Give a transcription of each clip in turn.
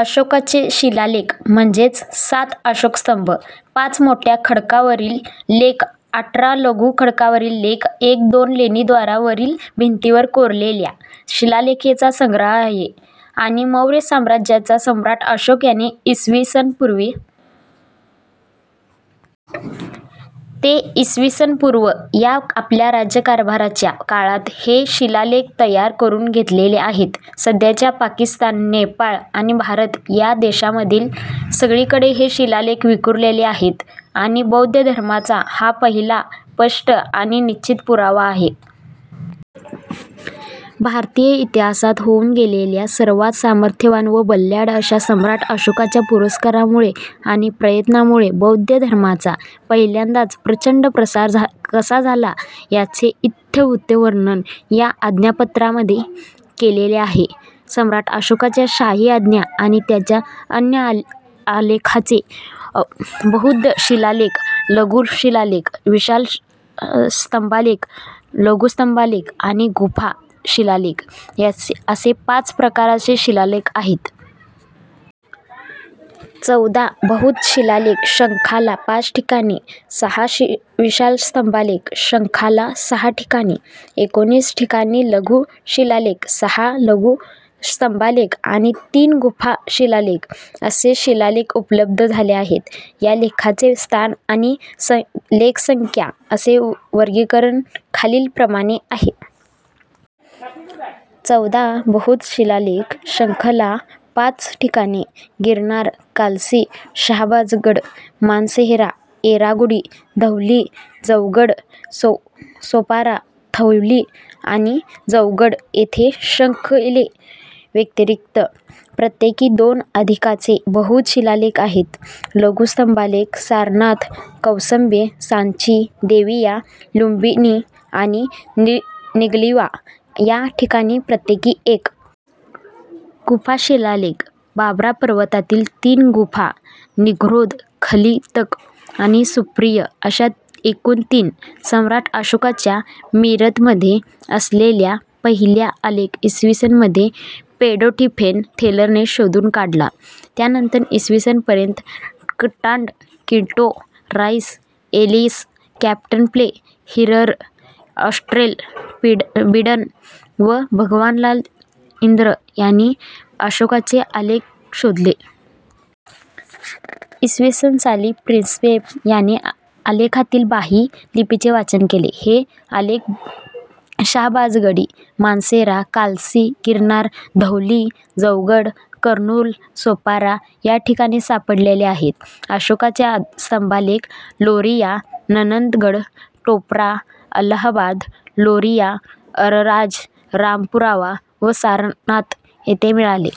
अशोकाचे शिलालेख म्हणजेच सात अशोकस्तंभ, पाच मोठ्या खडकां वरील लेख, अठरा लघु खडकांवरील लेख एक दोन लेणीद्वारा वरील भींतीवर कोरलेल्या.. शिलालेखांचा संग्रह आहे. आणि मौर्य साम्राज्याचा सम्राट अशोक याने इ. स. पू. ते इ. स. पू. या आपल्या राज्यकारभाराच्या काळात हे शिलालेख तयार करून घेतलेले आहेत. सध्याच्या पाकिस्तान, नेपाळ आणि भारत या देशांमध्ये सगळीकडे हे शिलालेख विखुरलेले आहेत आणि बौद्ध धर्माचा हा पहिला स्पष्ट आणि निश्चित पुरावा आहे. भारतीय इतिहासात होऊन गेलेल्या सर्वात सामर्थ्यवान व बलाढ्य अशा सम्राट अशोकाच्या पुरस्कारामुळे आणि प्रयत्नांमुळे बौद्ध धर्माचा पहिल्यांदाच प्रचंड प्रसार कसा झाला त्याचे इत्थंभूत वर्णन या आज्ञापत्रांमध्ये केलेले आहे. सम्राट अशोकाच्या शाही आज्ञा आणि त्याच्या अन्य आलेखांचे बृहद शिलालेख, लघु शिलालेख, विशाल स्तंभालेख, लघु स्तंभालेख आणि गुंफा शिलालेख असे पाच प्रकारचे शिलालेख आहेत. चौदा बृहद शिलालेख शृंखला पाच ठिकाणी, सहा विशाल स्तंभालेख शृंखला सहा ठिकाणी, एकोणीस ठिकाणी लघु शिलालेख, सहा लघु स्तंभालेख आणि तीन गुंफा-शिलालेख असे शिलालेख उपलब्ध झाले आहेत. या लेखांचे स्थळ आणि लेख-संख्या असे वर्गीकरण खालील प्रमाणे आहे. चौदा बृहद शिलालेख शृंखला पाच ठिकाणी गिरनार, कालसी, शहाबाजगढ, मानसेहरा येरागुडी, धौली, जौगड, सोपारा. धौली आणि जौगड येथे शृंखलेव्यतिरिक्त प्रत्येकी दोन अधिकचे बृहद शिलालेख आहेत. लघु स्तंभालेख सारनाथ, कौसंबी, सॉंची, देविया, लुंबिनी आणि निगलिवा या ठिकाणी प्रत्येकी एक. गुंफा शिलालेख बार्बरा पर्वतातील तीन गुंफा निग्रोध, खलीतक आणि सुप्पिय अशा एकूण तीन. सम्राट अशोकाचा मीरतमध्ये असलेला पहिला आलेख इ. स. मध्ये पेड्रोटिफेन-थेलरने शोधून काढला. त्यानंतर इ. स. पर्यंत टॉंड, किट्टो, राईस, एलिस, कॅप्टन ले, फीहरर, ऑस्ट्रेल, बीडन व भगवानलाल इंद्र यांनी अशोकाचे आलेख शोधले. इ. स. साली प्रिन्सेप याने आलेखातील ब्राह्मी लिपीचे वाचन केले. हे आलेख शाहबाझगढी, मानसेरा, कालसी, गिरनार, धौली, जौगड, कर्नूल, सोपारा या ठिकाणी सापडलेले आहेत. अशोकाचे स्तंभालेख लोरिया नंदनगड, टोपरा, अलाहाबाद, लोरिया अरराज, रामपुरवा व सारनाथ येथे मिळाले.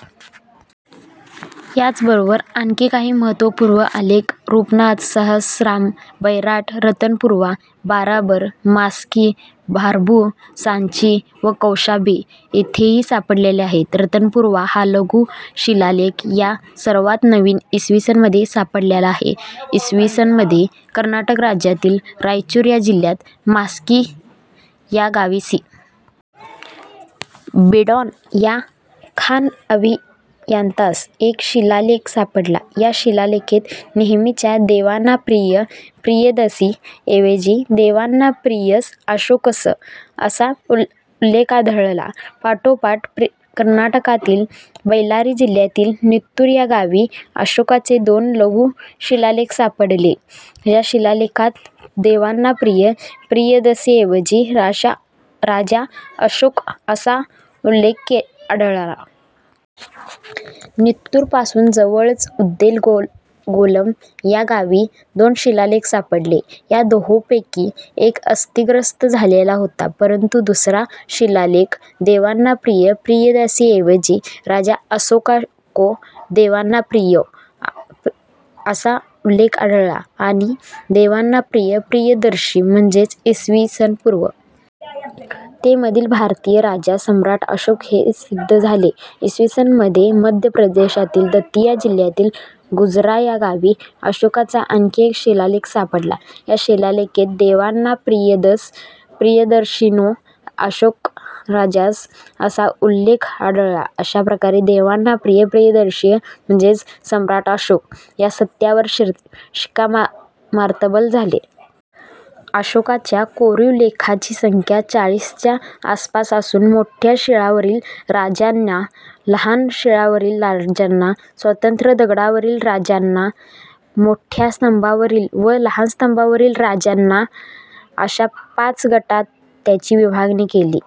याचबरोबर आणखी काही महत्त्वपूर्ण आलेख रूपनाथ, सहसराम, बैराट, रतनपूर्वा, बाराबर, मस्की, भाब्रू, सॉंची व कौशांबी येथेही सापडले आहेत. रतनपूर्वा हा लधु शिलालेख या सर्वांत नवीन इ. स. मधे सापडलेला आहे. इसवीसन मधे कर्नाटक राज्यातील रायचूर या जिल्ह्यात मास्की या गावी सी. बिडॉन या खाण अभियंत्यास एक शिलालेख सापडला. या शिलालेखात नेहेमीच्या "देवानांपिय पियदसि" ऐवजी "देवानांपियस असोकस" असा उल्लेख आढळला. पाठोपाठ कर्नाटकातीलच बेल्लारी जिल्ह्यातील नित्तूर या गावी अशोकाचे दोन लघु-शिलालेख सापडले. या शिलालेखात "देवानांपिय पियदसि" ऐवजी "राजा असोक" असा उल्लेख आढळला. नित्तूरपासून जवळच उदेलगोलम या गावी दोन शिलालेख सापडले. या दोहोंपैकी एक क्षतिग्रस्त झालेला होता परंतु दुसऱ्या शिलालेखात "देवानांपिय पियदसि" ऐवजी "राजा असोको देवानांपियो" असा उल्लेख आढळला. आणि देवानांप्रिय प्रियदर्शी म्हणजेच इ. स. पू. ते मधील भारतीय राजा सम्राट अशोक हे सिद्ध झाले. इ. स. मधे मध्य प्रदेशातील दतिया जिल्ह्यातील गुजर्रा या गावी अशोकाचा आणखी एक शिलालेख सापडला या शिलालेखात "देवानांपियस पियदसिनो असोकराजस" असा उल्लेख आढळला. अशा प्रकारे देवानांप्रिय प्रियदर्शी म्हणजेच सम्राट अशोक, या सत्यावर शिक्कामोर्तब झाले. अशोकाच्या कोरीव लेखांची संख्या चाळीसच्या आसपास असून मोठ्या शिळांवरील राजाज्ञा, लहान शिळांवरील राजाज्ञा, स्वतंत्र दगडावरील राजाज्ञा, मोठ्या स्तंभावरील व लहान स्तंभावरील राजाज्ञा अशा पाच गटात त्याची विभागणी केली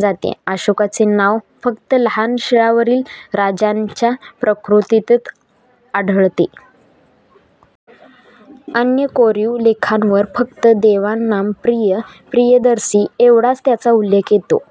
जाते. अशोकाचे नाव फक्त लहान शिळांवरील राजाज्ञांच्या प्रतिकृतीत आढळते. अन्य कोरीव लेखांवर फक्त देवानाम पिय पियदस्सी एवढाच त्याचा उल्लेख येतो.